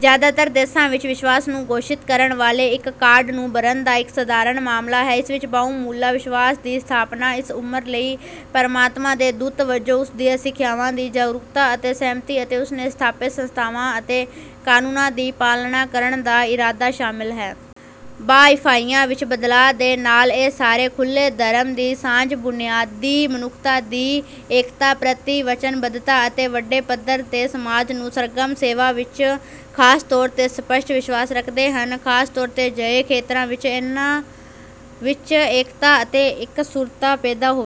ਜ਼ਿਆਦਾਤਰ ਦੇਸ਼ਾਂ ਵਿੱਚ ਵਿਸ਼ਵਾਸ ਨੂੰ ਘੋਸ਼ਿਤ ਕਰਨ ਵਾਲੇ ਇੱਕ ਕਾਰਡ ਨੂੰ ਭਰਨ ਦਾ ਇੱਕ ਸਧਾਰਨ ਮਾਮਲਾ ਹੈ। ਇਸ ਵਿੱਚ ਬਾਹਮੁੱਲਾ ਵਿਸ਼ਵਾਸ ਦੀ ਸਥਾਪਨਾ ਇਸ ਉਮਰ ਲਈ ਪਰਮਾਤਮਾ ਦੇ ਦੂਤ ਵਜੋਂ, ਉਸ ਦੀਆਂ ਸਿਖਿਆਵਾਂ ਦੀ ਜਾਗਰੂਕਤਾ ਅਤੇ ਸਹਿਮਤੀ, ਅਤੇ ਉਸ ਨੇ ਸਥਾਪਿਤ ਸੰਸਥਾਵਾਂ ਅਤੇ ਕਾਨੂੰਨਾਂ ਦੀ ਪਾਲਣਾ ਕਰਨ ਦਾ ਇਰਾਦਾ ਸ਼ਾਮਲ ਹੈ। ਬਹਾਇਫਾਈਆ ਵਿਚ ਬਦਲਾਅ ਦੇ ਨਾਲ ਇਹ ਸਾਰੇ ਖੁੱਲੇ ਧਰਮ ਦੀ ਸਾਂਝੀ ਬੁਨਿਆਦ, ਮਨੁੱਖਤਾ ਦੀ ਏਕਤਾ ਪ੍ਰਤੀ ਵਚਨਬੱਧਤਾ ਅਤੇ ਵੱਡੇ ਪੱਧਰ ਤੇ ਸਮਾਜ ਨੂੰ ਸਰਗਰਮ ਸੇਵਾ ਵਿਚ ਖ਼ਾਸ ਤੌਰ 'ਤੇ ਸਪੱਸ਼ਟ ਵਿਸ਼ਵਾਸ ਰੱਖਦੇ ਹਨ, ਖਾਸ ਤੌਰ' ਤੇ ਅਜਿਹੇ ਖੇਤਰਾਂ ਵਿਚ ਜਿਨ੍ਹਾਂ ਵਿਚ ਏਕਤਾ ਅਤੇ ਇਕਸੁਰਤਾ ਪੈਦਾ ਹੋਵੇਗੀ।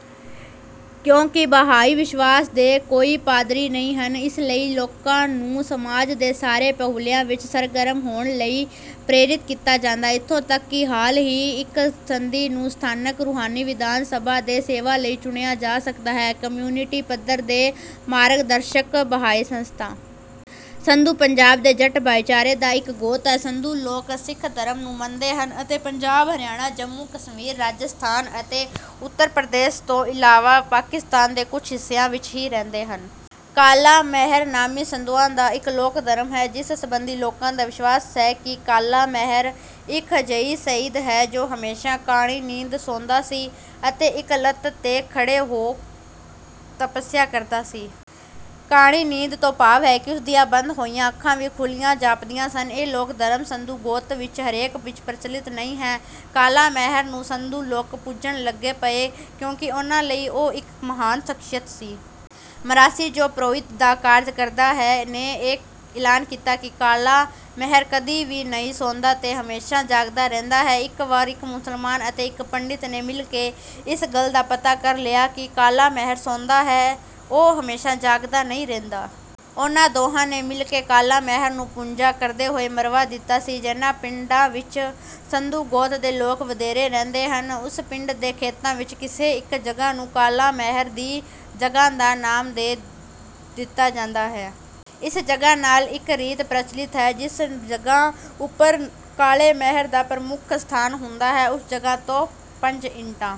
ਕਿਉਂਕਿ ਬਹਾਈ ਵਿਸ਼ਵਾਸ ਦੇ ਕੋਈ ਪਾਦਰੀ ਨਹੀਂ ਹਨ, ਇਸ ਲਈ ਲੋਕਾਂ ਨੂੰ ਸਮਾਜ ਦੇ ਸਾਰੇ ਪਹਿਲੂਆਂ ਵਿਚ ਸਰਗਰਮ ਹੋਣ ਲਈ ਪ੍ਰੇਰਿਤ ਕੀਤਾ ਜਾਂਦਾ ਹੈ। ਇੱਥੋਂ ਤੱਕ ਕਿ ਹਾਲ ਹੀ ਵਿਚ ਇਕ ਸੰਧੀ ਨੂੰ ਸਥਾਨਕ ਰੂਹਾਨੀ ਵਿਧਾਨ ਸਭਾ ਤੇ ਸੇਵਾ ਲਈ ਚੁਣਿਆ ਜਾ ਸਕਦਾ ਹੈ- ਕਮਿਊਨਿਟੀ ਪੱਧਰ ਤੇ ਮਾਰਗਦਰਸ਼ਕ ਬਹਾਏ ਸੰਸਥਾ। ਸੰਧੂ ਪੰਜਾਬ ਦੇ ਜੱਟ ਭਾਈਚਾਰੇ ਦਾ ਇਕ ਗੋਤ ਹੈ। ਸੰਧੂ ਲੋਕ ਸਿੱਖ ਧਰਮ ਨੂੰ ਮੰਨਦੇ ਹਨ ਅਤੇ ਪੰਜਾਬ, ਹਰਿਆਣਾ, ਜੰਮੂ-ਕਸ਼ਮੀਰ, ਰਾਜਸਥਾਨ ਅਤੇ ਉੱਤਰ ਪ੍ਰਦੇਸ਼ ਤੋਂ ਇਲਾਵਾ ਪਾਕਿਸਤਾਨ ਦੇ ਕੁਝ ਹਿੱਸਿਆਂ ਵਿੱਚ ਵੀ ਰਹਿੰਦੇ ਹਨ। ਕਾਲਾ ਮਹਿਰ ਨਾਮੀ ਸੰਧੂਆਂ ਦਾ ਇੱਕ ਲੋਕ ਧਰਮ ਹੈ ਜਿਸ ਸਬੰਧੀ ਲੋਕਾਂ ਦਾ ਵਿਸ਼ਵਾਸ ਹੈ ਕਿ ਕਾਲਾ ਮਹਿਰ ਇੱਕ ਅਜਿਹਾ ਸ਼ਹੀਦ ਹੈ ਜੋ ਹਮੇਸ਼ਾ ਕਾਣੀ ਨੀਂਦ ਸੌਂਦਾ ਸੀ ਅਤੇ ਇੱਕ ਲੱਤ ਤੇ ਖੜ੍ਹ ਕੇ ਤੱਪਸਿਆ ਕਰਦਾ ਸੀ। ਕਾਣੀ ਨੀਂਦ ਤੋਂ ਭਾਵ ਹੈ ਕਿ ਉਸ ਦੀਆਂ ਬੰਦ ਹੋਈਆਂ ਅੱਖਾਂ ਵੀ ਖੁੱਲੀਆਂ ਜਾਪਦੀਆਂ ਸਨ। ਇਹ ਲੋਕ ਧਰਮ ਸੰਧੂ ਗੋਤ ਵਿੱਚ ਹਰੇਕ ਵਿੱਚ ਪ੍ਰਚਲਿਤ ਨਹੀਂ ਹੈ। ਕਾਲਾ ਮਹਿਰ ਨੂੰ ਸੰਧੂ ਲੋਕ ਪੁਜਣ ਲੱਗ ਪਏ ਕਿਉਂਕਿ ਉਨ੍ਹਾਂ ਲਈ ਉਹ ਇੱਕ ਮਹਾਨ ਸਖਸ਼ੀਅਤ ਸੀ। ਮਰਾਸੀ, ਜੋ ਪ੍ਰੋਹਿਤ ਦਾ ਕਾਰਜ ਕਰਦਾ ਹੈ, ਨੇ ਇਹ ਐਲਾਨ ਕੀਤਾ ਕਿ ਕਾਲਾ ਮਹਿਰ ਕਦੀ ਵੀ ਨਹੀਂ ਸੌਂਦਾ ਤੇ ਹਮੇਸ਼ਾ ਜਾਗਦਾ ਰਹਿੰਦਾ ਹੈ। ਇੱਕ ਵਾਰ ਇੱਕ ਮੁਸਲਮਾਨ ਅਤੇ ਇੱਕ ਪੰਡਿਤ ਨੇ ਮਿਲ ਕੇ ਇਸ ਗੱਲ ਦਾ ਪਤਾ ਕਰ ਲਿਆ ਕਿ "ਕਾਲਾ ਮਹਿਰ" ਸੌਂਦਾ ਹੈ ਉਹ ਹਮੇਸ਼ਾ ਜਾਗਦਾ ਨਹੀਂ ਰਹਿੰਦਾ। ਉਹਨਾਂ ਦੋਹਾਂ ਨੇ ਮਿਲ ਕੇ ਕਾਲਾ ਮਹਿਰ ਨੂੰ ਪੂਜਾ ਕਰਦੇ ਹੋਏ ਮਰਵਾ ਦਿੱਤਾ ਸੀ। ਜਿਨ੍ਹਾਂ ਪਿੰਡਾਂ ਵਿੱਚ ਸੰਧੂ ਗੋਤ ਦੇ ਲੋਕ ਵਧੇਰੇ ਰਹਿੰਦੇ ਹਨ ਉਸ ਪਿੰਡ ਦੇ ਖੇਤਾਂ ਵਿੱਚ ਕਿਸੇ ਇੱਕ ਜਗ੍ਹਾਂ ਨੂੰ "ਕਾਲਾ ਮਹਿਰ" ਦੀ ਜਗ੍ਹਾਂ ਦਾ ਨਾਮ ਦੇ ਦਿੱਤਾ ਜਾਂਦਾ ਹੈ। ਇਸ ਜਗ੍ਹਾਂ ਨਾਲ ਇੱਕ ਰੀਤ ਪ੍ਰਚਲਿਤ ਹੈ ਕਿ ਜਿਸ ਜਗ੍ਹਾਂ ਉੱਪਰ ਕਾਲੇ ਮਹਿਰ ਦਾ ਪ੍ਰਮੁੱਖ ਸਥਾਨ ਹੁੰਦਾ ਹੈ ਉਸ ਜਗ੍ਹਾਂ ਤੋਂ ਪੰਜ ਇੱਟਾਂ